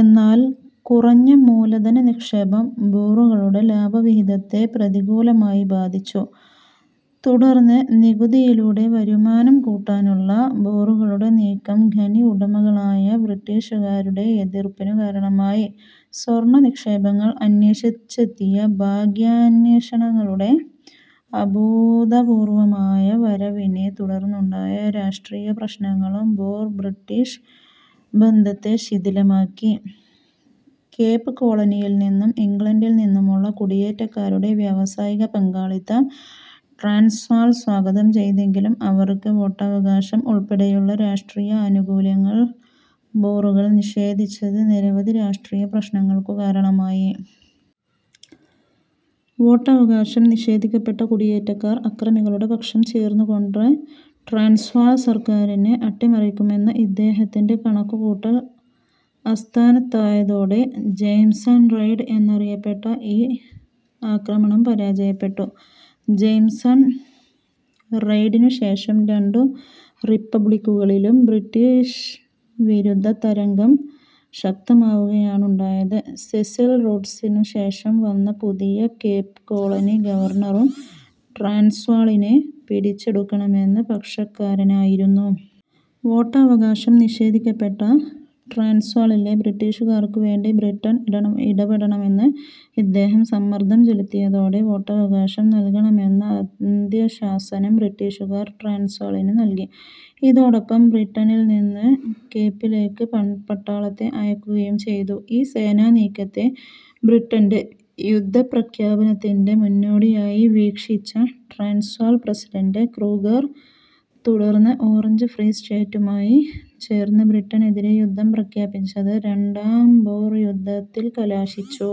എന്നാൽ കുറഞ്ഞ മൂലധന നിക്ഷേപം ബൂറുകളുടെ ലാഭവിഹിതത്തെ പ്രതികൂലമായി ബാധിച്ചു. തുടർന്ന് നികുതിയിലൂടെ വരുമാനം കൂട്ടാനുള്ള ബൂറുകളുടെ നീക്കം ഖനിഉടമകളായ ബ്രിട്ടീഷുകാരുടെ എതിർപ്പിനു കാരണമായി. സ്വർണനിക്ഷേപങ്ങൾ അന്വേഷിച്ചെത്തിയ ഭാഗ്യാന്വേഷികളുടെ അഭൂതപൂർവമായ വരവിനെ തുടർന്നുണ്ടായ രാഷ്ട്രീയ പ്രശ്നങ്ങളും ബൂർ-ബ്രിട്ടിഷ് ബന്ധത്തെ ശിഥിലമാക്കി. കേപ് കോളനിയിൽനിന്നും ഇംഗ്ളണ്ടിൽനിന്നുമുള്ള കുടിയേറ്റക്കാരുടെ വ്യാവസായിക പങ്കാളിത്തം ട്രാൻസ്വാൾ സ്വാഗതം ചെയ്തെങ്കിലും അവർക്ക് വോട്ടവകാശം ഉൾപ്പെടെയുള്ള രാഷ്ട്രീയ ആനുകൂല്യങ്ങൾ ബൂറുകൾ നിഷേധിച്ചത് നിരവധി രാഷ്ട്രീയ പ്രശ്നങ്ങൾക്കു കാരണമായി. വോട്ടവകാശം നിഷേധിക്കപ്പെട്ട കുടിയേറ്റക്കാർ അക്രമികളുടെ പക്ഷം ചേർന്നുകൊണ്ട് ട്രാൻസ്വാൾ സർക്കാരിനെ അട്ടിമറിക്കുമെന്ന ഇദ്ദേഹത്തിന്റെ കണക്കുകൂട്ടൽ അസ്ഥാനത്തായതോടെ 'ജയിംസൺ റെയ്ഡ്' എന്നറിയപ്പെട്ട ഈ ആക്രമണം പരാജയപ്പെട്ടു. ജയിംസൺ റെയ്ഡിനുശേഷം രണ്ടു റിപ്പബ്ളിക്കുകളിലും ബ്രിട്ടിഷ് വിരുദ്ധ തരംഗം ശക്തമാവുകയാണുണ്ടായത്. സെസിൽ റോഡ്സിനു ശേഷം വന്ന പുതിയ കേപ് കോളനി ഗവർണറും ട്രാൻസ്വാളിനെ പിടിച്ചെടുക്കണമെന്ന പക്ഷക്കാരനായിരുന്നു. വോട്ടവകാശം നിഷേധിക്കപ്പെട്ട ട്രാൻസ്വാളിലെ ബ്രിട്ടീഷുകാർക്കുവേണ്ടി ബ്രിട്ടൻ ഇടപെടണമെന്ന് ഇദ്ദേഹം സമ്മർദം ചെലുത്തിയതോടെ വോട്ടവകാശം നല്കണമെന്ന അന്ത്യശാസനം ബ്രിട്ടീഷുകാർ ട്രാൻസ്വാളിനു നല്കി. ഇതോടൊപ്പം ബ്രിട്ടനിൽനിന്ന് കേപ്പിലേക്ക് പട്ടാളത്തെ അയയ്ക്കുകയും ചെയ്തു. ഈ സേനാ നീക്കത്തെ ബ്രിട്ടന്റെ യുദ്ധപ്രഖ്യാപനത്തിന്റെ മുന്നോടിയായി വീക്ഷിച്ച ട്രാൻസ്വാൾ പ്രസിഡന്റ് ക്രൂഗർ തുടർന്ന് ഓറഞ്ച് ഫ്രീ സ്റ്റേറ്റുമായി ചേർന്ന് ബ്രിട്ടനെതിരെ യുദ്ധം പ്രഖ്യാപിച്ചത് രണ്ടാം ബൂർ യുദ്ധത്തിൽ കലാശിച്ചു.